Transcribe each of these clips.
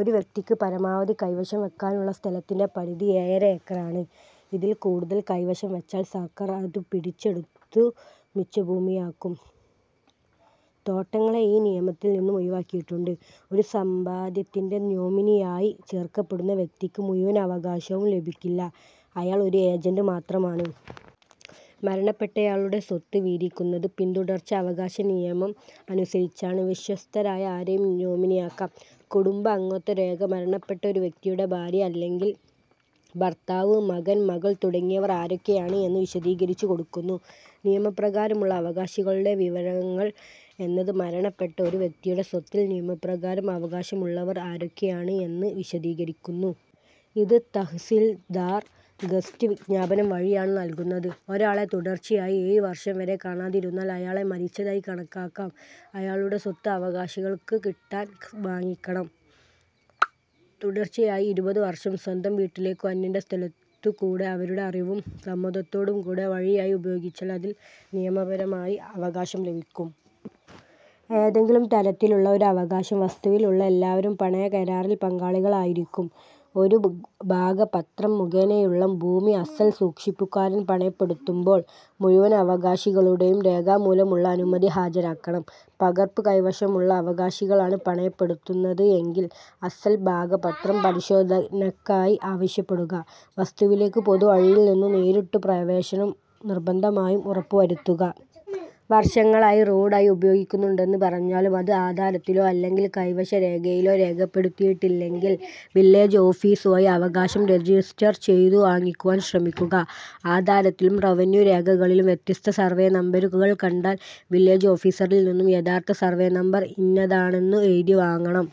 ഒരു വ്യക്തിക്ക് പരമാവധി കൈവശം വെക്കാനുള്ള സ്ഥലത്തിന്റെ പരിധി ഏയര ഏക്കറാണ്. ഇതിൽ കൂടുതൽ കൈവശം വെച്ചാൽ സർക്കാർ അത് പിടിച്ചെടുത്തു മിച്ചഭൂമിയാക്കും. തോട്ടങ്ങളെ ഈ നിയമത്തിൽ നിന്നും ഒയിവാക്കിയിട്ടുണ്ട്. ഒരു സമ്പാദ്യത്തിന്റെ നോമിനിയായി ചേർക്കപ്പെടുന്ന വ്യക്തിക്ക് മുയുവൻ അവകാശവും ലഭിക്കില്ല. അയാൾ ഒരു എജന്റ് മാത്രമാണ്. മരണപ്പെട്ടയാളുടെ സ്വത്ത് വീതിക്കുന്നത് പിന്തുടർച്ച അവകാശ നിയമം അനുസരിച്ചാണ്. വിശ്വസ്തരായ ആരെയും നോമിനിയാക്കം. കുടുംബ അംഗത്വ രേഖ മരണപ്പെട്ട ഒരു വ്യക്തിയുടെ ഭാര്യ അല്ലെങ്കിൽ ഭർത്താവ്, മകൻ, മകൾ തുടങ്ങിയവർ ആരൊക്കെയാണ് എന്ന് വിശദീകരിച്ചു കൊടുക്കുന്നു. നിയമപ്രകാരമുള്ള അവകാശികളുടെ വിവരങ്ങൾ എന്നത് മരണപ്പെട്ട ഒരു വ്യക്തിയുടെ സ്വത്തിൽ നിയമപ്രകാരം അവകാശമുള്ളവർ ആരൊക്കെയാണ് എന്ന് വിശദീകരിക്കുന്നു. ഇത് തഹസിൽദാർ, ഗസറ്റ് വിജ്ഞാപനം വഴിയാണ് നൽകുന്നത്. ഒരാളെ തുടർച്ചയായി ഏയു വർഷം വരെ കാണാതിരുന്നാൽ അയാളെ മരിച്ചതായി കണക്കാക്കാം. അയാളുടെ സ്വത്ത് അവകാശികൾക്ക് കിട്ടാൻ വാങ്ങിക്കണം. തുടർച്ചയായി ഇരുപതുവർഷം സ്വന്തം വീട്ടിലേക്കു അന്യന്റെ സ്ഥലത്തുകൂടെ അവരുടെ അറിവും സമ്മതത്തോടും കൂടെ വഴിയായി ഉപയോഗിച്ചാൽ അതിൽ നിയമപരമായി അവകാശം ലഭിക്കും. ഏതെങ്കിലും തരത്തിലുള്ള ഒരവകാശം വസ്തുവിൽ ഉള്ള എല്ലാവരും പണയ കരാറിൽ പങ്കാളികൾ ആയിരിക്കും. ഒരു ഭു ഭാഗപത്രം മുഖേനയുള്ള ഭൂമി അസ്സൽ സൂക്ഷിപ്പുകാരൻ പണയപ്പെടുതുമ്പോൾ, മുഴുവൻ അവകാശികളുടെയും രേഖാമൂലമുള്ള അനുമതി ഹാജരാക്കണം. പകർപ്പ് കൈവശമുള്ള അവകാശികളാണ് പണയപ്പെടുത്തുന്നത് എങ്കിൽ, അസ്സൽ ഭാഗപത്രം പരിശോധനക്കായി ആവശ്യപ്പെടുക. വസ്തുവിലേക്ക് പൊതുവഴിയിൽ നിന്നു നേരിട്ടു പ്രവേശനം നിർബന്ധമായും ഉറപ്പു വരുത്തുക. വർഷങ്ങളായി റോഡ് ആയി ഉപയോഗിക്കുന്നുണ്ടെന്ന് പറഞ്ഞാലും, അത് ആധാരത്തിലോ അല്ലെങ്കിൽ കൈവശ രേഖയിലോ രേഖപ്പെടുതിയിട്ടില്ലെങ്കിൽ വില്ലേജ് ഓഫീസ് വയി അവകാശം രജിസ്റ്റർ ചെയ്തു വാങ്ങിക്കുവാൻ ശ്രമിക്കുക. ആധാരത്തിലും റവന്യൂ രേഖകളിലും വ്യത്യസ്ത സർവേ നമ്പരുകൾ കണ്ടാൽ, വില്ലേജ് ഓഫീസറിൽ നിന്നും യഥാർത്ഥ സർവ്വേ നംബർ ഇന്നതാണെന്നു എയുതി വാങ്ങണം.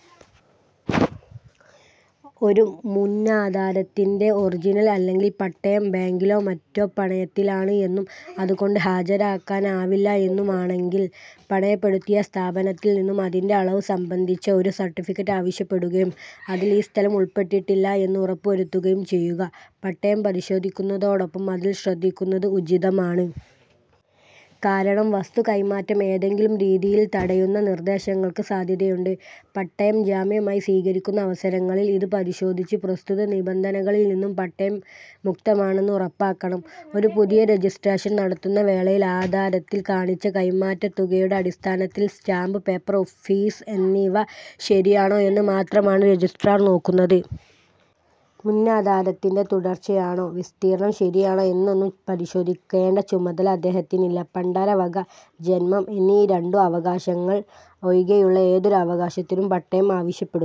ഒരു മുന്നാധാരത്തിന്റെേ ഒറിജിനൽ അല്ലെങ്കിൽ പട്ടയം ബാങ്കിലോ മറ്റോ പണയത്തിലാണ് എന്നും അതൊകൊണ്ട് ഹാജരാക്കാനാവില്ല എന്നുമാണങ്കിൽ, പണയപ്പെടുത്തിയ സ്ഥാപനത്തിൽ നിന്നും അതിന്റെ അളവ് സംബന്ധിച്ച ഒരു സർട്ടിഫിക്കറ്റ് ആവശ്യപ്പെടുകയും, അതിൽ ഈ സ്ഥലം ഉൾപ്പെട്ടിട്ടില്ല എന്ന് ഉറപ്പു വരുത്തുകയും ചെയ്യുക. പട്ടയം പരിശോധിക്കുന്നതോടൊപ്പം അതിൽ ശ്രദ്ധിക്കുന്നത് ഉചിതമാണ്. കാരണം വസ്തു കൈമാറ്റം ഏതെങ്കിലും രീതിയിൽ തടയുന്ന നിർദ്ദേശങ്ങൾക്ക് സാധ്യതയുണ്ട്. പട്ടയം ജാമ്യമായി സ്വീകരിക്കുന്ന അവസരങ്ങളിൽ ഇത് പരിശോധിച്ച് പ്രസ്തുത നിബന്ധനകളിൽ നിന്നും പട്ടയം മുക്തമാണെന്ന് ഉറപ്പാക്കണം. ഒരു പുതിയ രജിസ്ട്രേഷൻ നടത്തുന്ന വേളയിൽ, ആധാരത്തിൽ കാണിച്ച കൈമാറ്റതുകയുടെ അടിസ്ഥാനത്തിൽ സ്റ്റാമ്പ് പേപ്പർ, ഫീസ് എന്നിവ ശരിയാണോ എന്ന് മാത്രമാണ് രജിസ്ട്രാർ നോക്കുന്നത്. മുന്നാധാരത്തിന്റെ തുടർച്ചയാണോ, വിസ്തീർണ്ണം ശരിയാണോ എന്നൊന്നും പരിശോധിക്കേണ്ട ചുമതല അദ്ദേഹത്തിനില്ല. പണ്ടാരവക, ജന്മം എന്നീ രണ്ടു അവകാശങ്ങൾ ഒയികെയുള്ള ഏതൊരു അവകാശത്തിനും പട്ടയം ആവശ്യപ്പെടും.